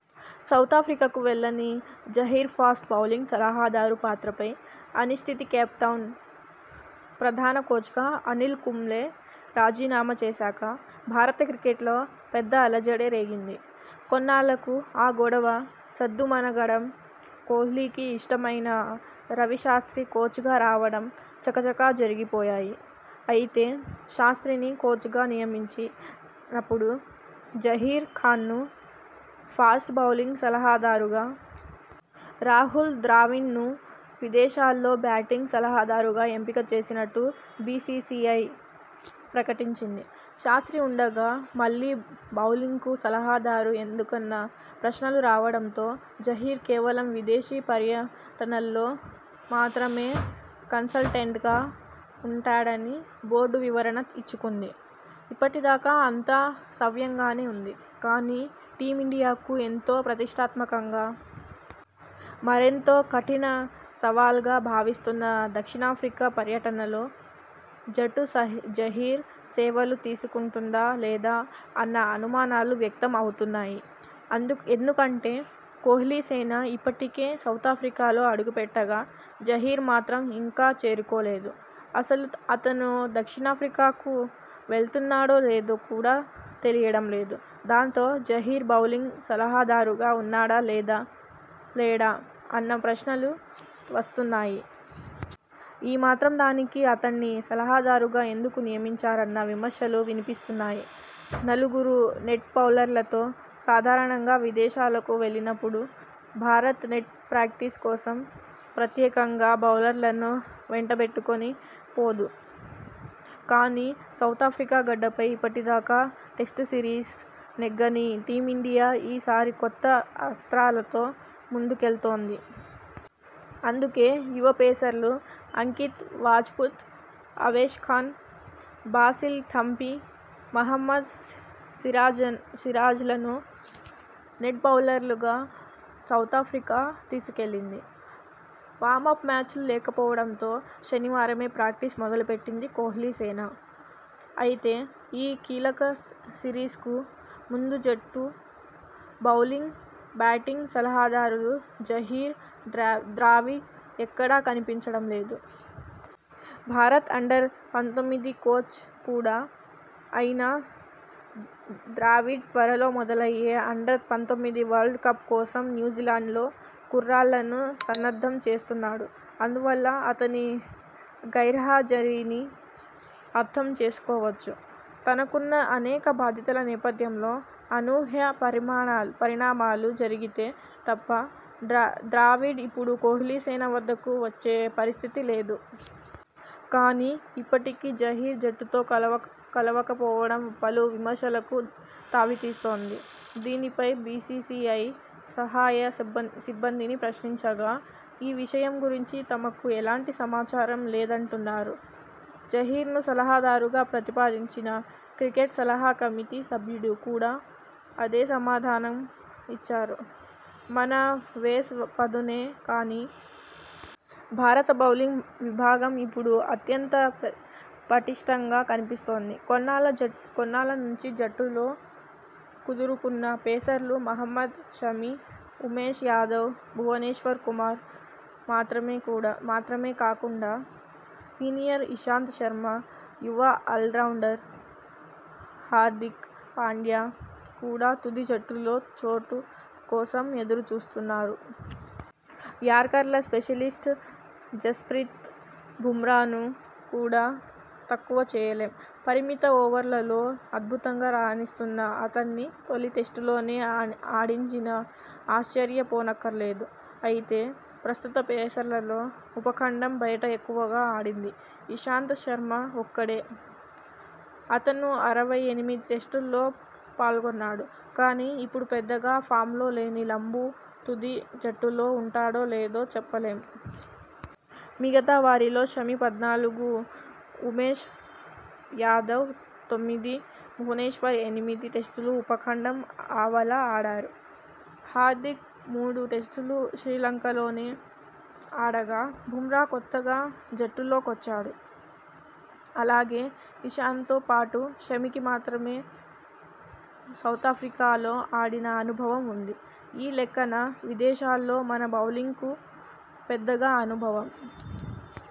సౌతాఫ్రికాకు వెళ్లని Zaheer fast bowling సలహాదారు పాత్రపై అనిశ్చితికేప్టౌన్ ప్రధాన కోచ్గా అనిల్ కుంబ్లే రాజీనామా చేశాక భారత క్రికెట్లో పెద్ద అలజడే రేగింది. కొన్నాళ్లకు ఆ గొడవ సద్దుమణగడం.. కోహ్లీకి ఇష్టమైన రవిశాస్ర్తి కోచ్గా రావడం చకచకా జరిగిపోయాయి. అయితే.. శాస్ర్తిని కోచ్గా నియమించి నప్పుడు జహీర్ ఖాన్ను ఫాస్ట్ బౌలింగ్ సలహాదారుగా.. రాహుల్ ద్రావిడ్ను విదేశాల్లో బ్యాటింగ్ సలహాదారుగా ఎంపిక చేసినట్టు బీసీసీఐ ప్రకటించింది. శాస్ర్తి ఉండగా.. మళ్లీ బౌలింగ్కు సలహాదారు ఎందుకన్న ప్రశ్నలు రావడంతో జహీర్ కేవలం విదేశీ పర్యటనల్లో మాత్రమే కన్సల్టెంట్గా ఉంటాడని బోర్డు వివరణ ఇచ్చుకుంది. ఇప్పటిదాకా అంతా సవ్యంగానే ఉంది. కానీ, టీమిండియాకు ఎంతో ప్రతిష్టాత్మకంగా.. మరెంతో కఠిన సవాల్గా భావిస్తున్న దక్షిణాఫ్రికా పర్యటనలో జట్టు జహీర్ సేవలు తీసుకుంటుందా లేదా అన్న అనుమానాలు వ్యక్తం అవుతున్నాయి. ఎందుకంటే కోహ్లీసేన ఇప్పటికే సౌతాఫ్రికాలో అడుగుపెట్టగా.. జహీర్ మాత్రం ఇంకా చేరుకోలేదు. అసలు అతను దక్షిణాఫ్రికాకు వెళ్తున్నాడో లేదో కూడా తెలియడం లేదు. దాంతో, జహీర్ బౌలింగ్ సలహాదారుగా ఉన్నాడా లేడా అన్న ప్రశ్నలు వస్తున్నాయి. ఈ మాత్రం దానికి అతణ్ణి సలహాదారుగా ఎందుకు నియమించారన్న విమర్శలు వినిపిస్తున్నాయి. నలుగురు నెట్ బౌలర్లతో.. సాధారణంగా విదేశాలకు వెళ్లినప్పుడు భారత్ నెట్ ప్రాక్టీస్ కోసం ప్రత్యేకంగా బౌలర్లను వెంటబెట్టుకొని పోదు. కానీ, సౌతాఫ్రికా గడ్డపై ఇప్పటిదాకా టెస్టు సిరీస్ నెగ్గని టీమిండియా ఈ సారి కొత్త అస్ర్తాలతో ముందుకెళ్తోంది. అందుకే.. యువ పేసర్లు అంకిత్ రాజ్పుత్, అవేశ్ ఖాన్, బాసిల్ థంపి, మహమ్మద్ సిరాజ్లను నెట్ బౌలర్లుగా సౌతాఫ్రికా తీసుకెళ్లింది. వామప్ మ్యాచ్లు లేకపోవడంతో.. శనివారమే ప్రాక్టీస్ మొదలు పెట్టింది కోహ్లీసేన. అయితే, ఈ కీలక సిరీస్కు ముందు జట్టు బౌలింగ్, బ్యాటింగ్ సలహాదారులు జహీర్, ద్రావిడ్ ఎక్కడా కనిపించడం లేదు. భారత అండర్-పంతొమ్మిది కోచ్ కూడా అయిన ద్రావిడ్ త్వరలో మొదలయ్యే అండర్-పంతొమ్మిది వరల్డ్ కప్ కోసం న్యూజిలాండ్లో కుర్రాళ్లను సన్నద్ధం చేస్తున్నాడు. అందువల్ల అతని గైర్హాజరీని అర్థం చేసుకోవచ్చు. తనకున్న అనేక బాధ్యతల నేపథ్యంలో అనూహ్య పరిణామాలు జరిగితే తప్ప ద్రావిడ్ ఇప్పుడు కోహ్లీసేన వద్దకు వచ్చే పరిస్థితి లేదు. కానీ, ఇప్పటికీ జహీర్ జట్టుతో కలవకపోవడం పలు విమర్శలకు తావిస్తోంది. దీనిపై బీసీసీఐ సహాయ సిబ్బందిని ప్రశ్నించగా.. ఈ విషయం గురించి తమకు ఎలాంటి సమాచారం లేదంటున్నా రు. జహీర్ను సలహాదారుగా ప్రతిపాదించిన క్రికెట్ సలహా కమిటీ సభ్యుడు కూడా అదే సమాధానం ఇచ్చారు. మన పేస్ పదునే కానీ.. భారత బౌలింగ్ విభాగం ఇప్పుడు అత్యంత పటిష్ఠంగా కనిపిస్తోంది. కొన్నాళ్ల నుంచి జట్టులో కుదురుకున్న పేసర్లు మహమ్మద్ షమి, ఉమేష్ యాదవ్, భువనేశ్వర్ కుమార్ మాత్రమే కాకుండా సీనియర్ ఇషాంత్ శర్మ, యువ ఆల్రౌండర్ హార్దిక్ పాండ్యా కూడా తుది జట్టులో చోటు కోసం ఎదురు చూస్తున్నారు. యార్కర్ల స్పెషలిస్ట్ జస్ప్రీత్ బుమ్రాను కూడా తక్కువ చేయలేం. పరిమిత ఓవర్లలో అద్భుతంగా రాణిస్తున్న అతణ్ణి తొలి టెస్టులోనే ఆడించినా ఆశ్చర్యపోనక్కర్లేదు. అయితే, ప్రస్తుత పేసర్లలో ఉపఖండం బయట ఎక్కువగా ఆడింది ఇషాంత్ శర్మ ఒక్కడే. అతను.. అరవై ఎనిమిది టెస్టుల్లో పాల్గొన్నాడు. కానీ, ఇప్పుడు పెద్దగా ఫామ్లో లేని లంబూ తుది జట్టులో ఉంటాడో లేడో చెప్పలేం. మిగతా వారిలో షమి పద్నాలుగు, ఉమేష్ యాదవ్ తొమ్మిది, భువనేశ్వర్ ఎనిమిది టెస్టులు ఉపఖండం ఆవల ఆడారు. హార్దిక్ మూడు టెస్టులు శ్రీలంకలోనే ఆడగా.. బుమ్రా కొత్తగా జట్టులో కొచ్చాడు. అలాగే, ఇషాంత్తో పాటు షమికి మాత్రమే సౌతాఫ్రికా లో ఆడిన అనుభవం ఉంది. ఈ లెక్కన విదేశాల్లో మన బౌలింగ్కు పెద్దగా అనుభవం.